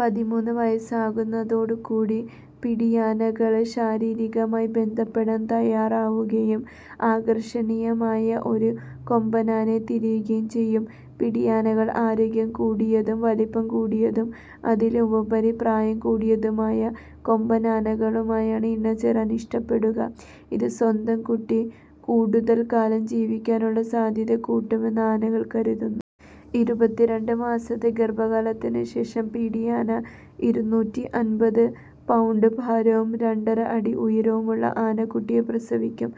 പതിമൂന്ന് വയസ്സാകുന്നതോട് കൂടി പിടിയാനകൾ ശാരീരികമായി ബന്ധപ്പെടാൻ തയ്യാറാവുകയും, ആകർഷണീയമായ ഒരു കൊമ്പനാനയെ തിരയുകയും ചെയ്യും. പിടിയാനകൾ ആരോഗ്യം കൂടിയതും, വലിപ്പം കൂടിയതും, അതിലുമുപരി പ്രായം കൂടിയതുമായ കൊമ്പനാനകളുമായാണ് ഇണചേരാൻ ഇഷ്ടപ്പെടുക. ഇത് സ്വന്തം കുട്ടി, കൂടുതൽ കാലം ജീവിക്കാനുള്ള സാധ്യത കൂട്ടുമെന്ന് ആനകൾ കരുതുന്നു. ഇരുപത്തി രണ്ട് മാസത്തെ ഗർഭകാലത്തിനു ശേഷം, പിടിയാന ഇരുന്നൂറ്റി അൻപത് പൗണ്ട് ഭാരവും രണ്ടര അടി ഉയരവും ഉള്ള ആനക്കുട്ടിയെ പ്രസവിക്കും.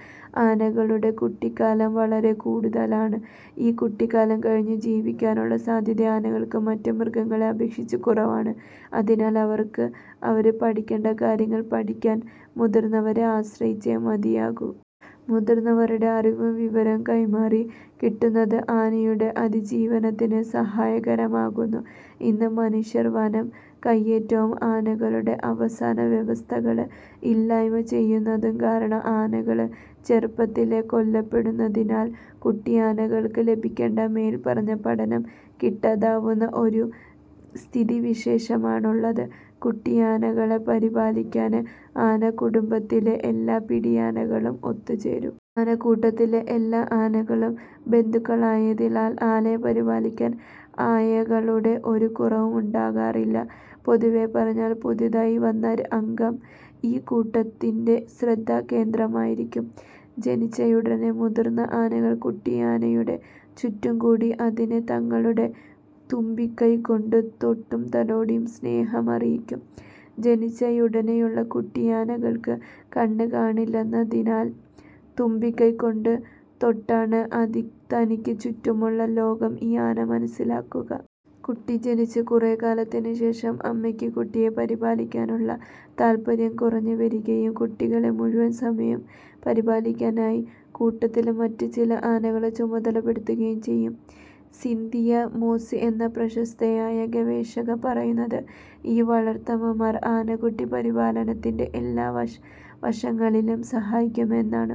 ആനകളുടെ കുട്ടിക്കാലം വളരെ കൂടുതലാണ്. ഈ കുട്ടിക്കാലം കഴിഞ്ഞും ജീവിക്കാനുള്ള സാധ്യത ആനകൾക്ക് മറ്റ് മൃഗങ്ങളെ അപേക്ഷിച്ച് കുറവാണ്. അതിനാൽ, അവർക്ക് അവർ പഠിക്കേണ്ട കാര്യങ്ങൾ പഠിക്കാൻ മുതിർന്നവരെ ആശ്രയിച്ചേ മതിയാകൂ. മുതിർന്നവരുടെ അറിവും വിവരവും കൈമാറി കിട്ടുന്നത് ആനയുടെ അതിജീവനത്തിന് സഹായകരമാകുന്നു. ഇന്ന് മനുഷ്യർ വനം കയ്യേറ്റവും, ആനകളുടെ ആവാസവ്യവസ്ഥകൾ ഇല്ലായ്മ ചെയ്യുന്നതും കാരണം ആനകൾ ചെറുപ്പത്തിലേ കൊല്ലപ്പെടുന്നതിനാൽ കുട്ടിയാനകൾക്ക് ലഭിക്കേണ്ട മേൽപ്പറഞ്ഞ പഠനം കിട്ടാതാവുന്ന ഒരു സ്ഥിതിവിശേഷമാണുള്ളത്. കുട്ടിയാനകളെ പരിപാലിക്കാൻ ആനക്കുടുംബത്തിലെ എല്ലാ പിടിയാനകളും ഒത്ത് ചേരും. ആനക്കൂട്ടത്തിലെ എല്ലാ ആനകളും ബന്ധുക്കളായതിനാൽ ആനയെ പരിപാലിക്കാൻ ആയകളുടെ ഒരു കുറവും ഉണ്ടാകാറില്ല. പൊതുവേ പറഞ്ഞാൽ, പുതുതായി വന്ന അംഗം ഈ കൂട്ടത്തിന്റെ ശ്രദ്ധാകേന്ദ്രമായിരിക്കും. ജനിച്ചയുടെനെ മുതിർന്ന ആനകൾ കുട്ടിയാനയുടെ ചുറ്റുംകൂടി അതിനെ തങ്ങളുടെ തുമ്പിക്കൈ കൊണ്ട് തൊട്ടും തലോടിയും സ്നേഹമറിയിക്കും. ജനിച്ചയുടെനേയുള്ള കുട്ടിയാനകൾക്ക് കണ്ണ് കാണില്ലെന്നതിനാൽ തുമ്പിക്കൈ കൊണ്ട് തൊട്ടാണ് തനിക്ക് ചുറ്റുമുള്ള ലോകം ഈ ആന മനസ്സിലാക്കുക. കുട്ടി ജനിച്ച് കുറേക്കാലത്തിന് ശേഷം അമ്മയ്ക്ക് കുട്ടിയെ പരിപാലിക്കാനുള്ള താത്പര്യം കുറഞ്ഞ് വരികയും, കുട്ടികളെ മുഴുവൻ സമയം പരിപാലിക്കാനായി കൂട്ടത്തിലെ മറ്റ്ചില ആനകളെ ചുമതലപ്പെടുത്തുകയും ചെയ്യും. സിന്തിയ മോസ് എന്ന പ്രശസ്തയായ ഗവേഷക പറയുന്നത് ഈ വളർത്തമ്മമാർ ആനക്കുട്ടിപരിപാലനത്തിന്റെ എല്ലാ വശങ്ങളിലും സഹായിക്കും എന്നാണ്.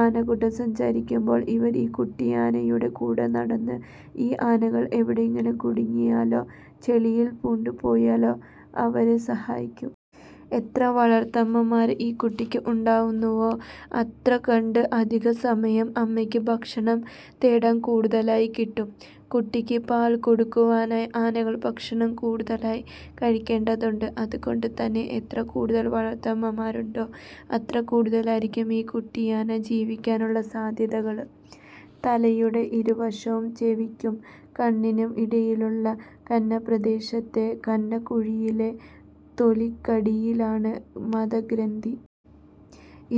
ആനക്കൂട്ടം സഞ്ചരിക്കുമ്പോൾ, ഇവർ ഈ കുട്ടിയാനയുടെ കൂടെ നടന്ന്, ഈ ആനകൾ എവിടെയെങ്കിലും കുടുങ്ങിയാലോ ചളിയിൽ പൂണ്ട് പോയാലോ അവയെ സഹായിക്കും. എത്ര വളർത്തമ്മമാർ ഈ കുട്ടിക്ക് ഉണ്ടാകുന്നുവോ അത്രകണ്ട് അധികസമയം അമ്മയ്ക്ക് ഭക്ഷണം തേടാൻ കൂടുതലായി കിട്ടും. കുട്ടിക്ക് പാൽ കൊടുക്കുവാനായി ആനകൾ ഭക്ഷണം കൂടുതലായി കഴിക്കേണ്ടതുണ്ട്. അത് കൊണ്ട് തന്നെ എത്ര കൂടുതൽ വളർത്തമ്മമാരുണ്ടോ അത്ര കൂടുതലായിരിക്കും ഈ കുട്ടിയാന ജീവിക്കാനുള്ള സാധ്യതകൾ. തലയുടെ ഇരുവശത്തും ചെവിയ്ക്കും കണ്ണിനും ഇടയിലുള്ള കന്നപ്രദേശത്തെ കന്നക്കുഴിയിലെ തൊലിക്കടിയിലാണ് മദഗ്രന്ഥി.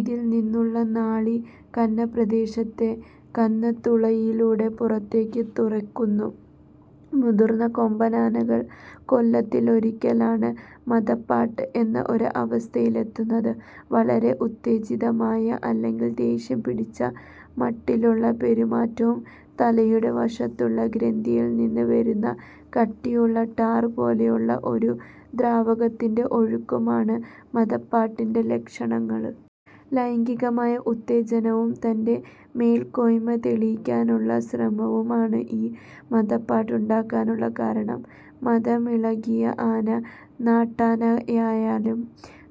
ഇതിൽ നിന്നുള്ള നാളി കന്നപ്രദേശത്തെ കന്നത്തുളയിലൂടെ പുറത്തേക്ക് തുറക്കുന്നു. മുതിർന്ന കൊമ്പനാനകൾ കൊല്ലത്തിലൊരിക്കലായി മദപ്പാട് എന്ന ഒരു അവസ്ഥയിലെത്തുന്നു. വളരെ ഉത്തേജിതമായ അല്ലെങ്കിൽ ദേഷ്യം പിടിച്ച മട്ടിലുള്ള പെരുമാറ്റവും തലയുടെ വശത്തുള്ള ഗ്രന്ഥിയിൽ നിന്ന് വരുന്ന കട്ടിയുള്ള ടാർ പോലെയുള്ള ഒരു ദ്രാവകത്തിന്റെ ഒഴുക്കുമാണ് മദപ്പാടിന്റെ ലക്ഷണങ്ങൾ. ലൈംഗികമായ ഉത്തേജനവും തന്റെ മേൽക്കോയ്മ തെളിയിക്കാനുമുള്ള ശ്രമവും ആണ് ഈ മദപ്പാട് ഉണ്ടാകാനുള്ള കാരണം. മദമിളകിയ ആന, നാട്ടാനയായാലും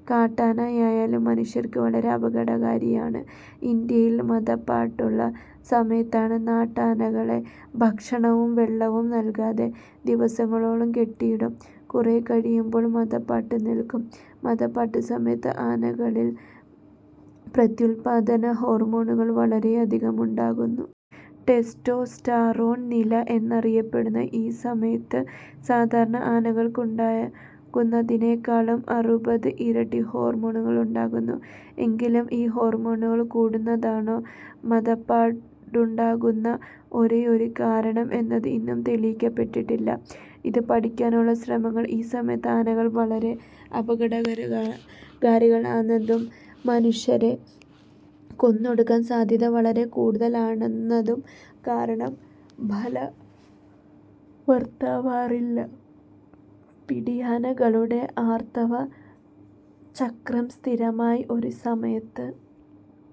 കാട്ടാനയായാലും മനുഷ്യർക്ക് വളരെ അപകടകാരിയാണ്. ഇന്ത്യയിൽ മദപ്പാടുള്ള സമയത്ത് നാട്ടാനകളെ ഭക്ഷണവും വെള്ളവും നൽകാതെ ദിവസങ്ങളോളം കെട്ടിയിടും. കുറേ കഴിയുമ്പോൾ മദപ്പാട് നിൽക്കും. മദപ്പാട് സമയത്ത് ആനകളിൽ പ്രത്യുത്പാദന ഹോർമോണുകൾ വളരെയധികം ഉണ്ടാകുന്നു. ടെസ്റ്റ്രോസ്റ്റെറോൺ നില എന്നറിയപ്പെടുന്ന ഈ സമയത്ത് സാധാരണ ആനകൾക്കുണ്ടാകുന്നതിനേക്കാളും അറുപത് ഇരട്ടി ഹോർമോണുകൾ ഉണ്ടാകുന്നു. എങ്കിലും ഈ ഹോർമോണുകൾ കൂടുന്നതാണോ മദപ്പാടുണ്ടാക്കുന്ന ഒരേയൊരു കാരണം എന്നത് ഇന്നും തെളിയിക്കപ്പെട്ടിട്ടില്ല. ഇത് പഠിക്കാനുള്ള ശ്രമങ്ങൾ ഈ സമയത്ത് ആനകൾ വളരെ അപകടകാരികളാണെന്നതും മനുഷ്യരെ കൊന്നൊടുക്കാൻ സാധ്യത വളരെക്കൂടുതൽ ആണെന്നതും കാരണം ഫലവത്താവാറില്ല. പിടിയാനകളുടെ ആർത്തവചക്രം സ്ഥിരമായി ഒരു സമയത്ത്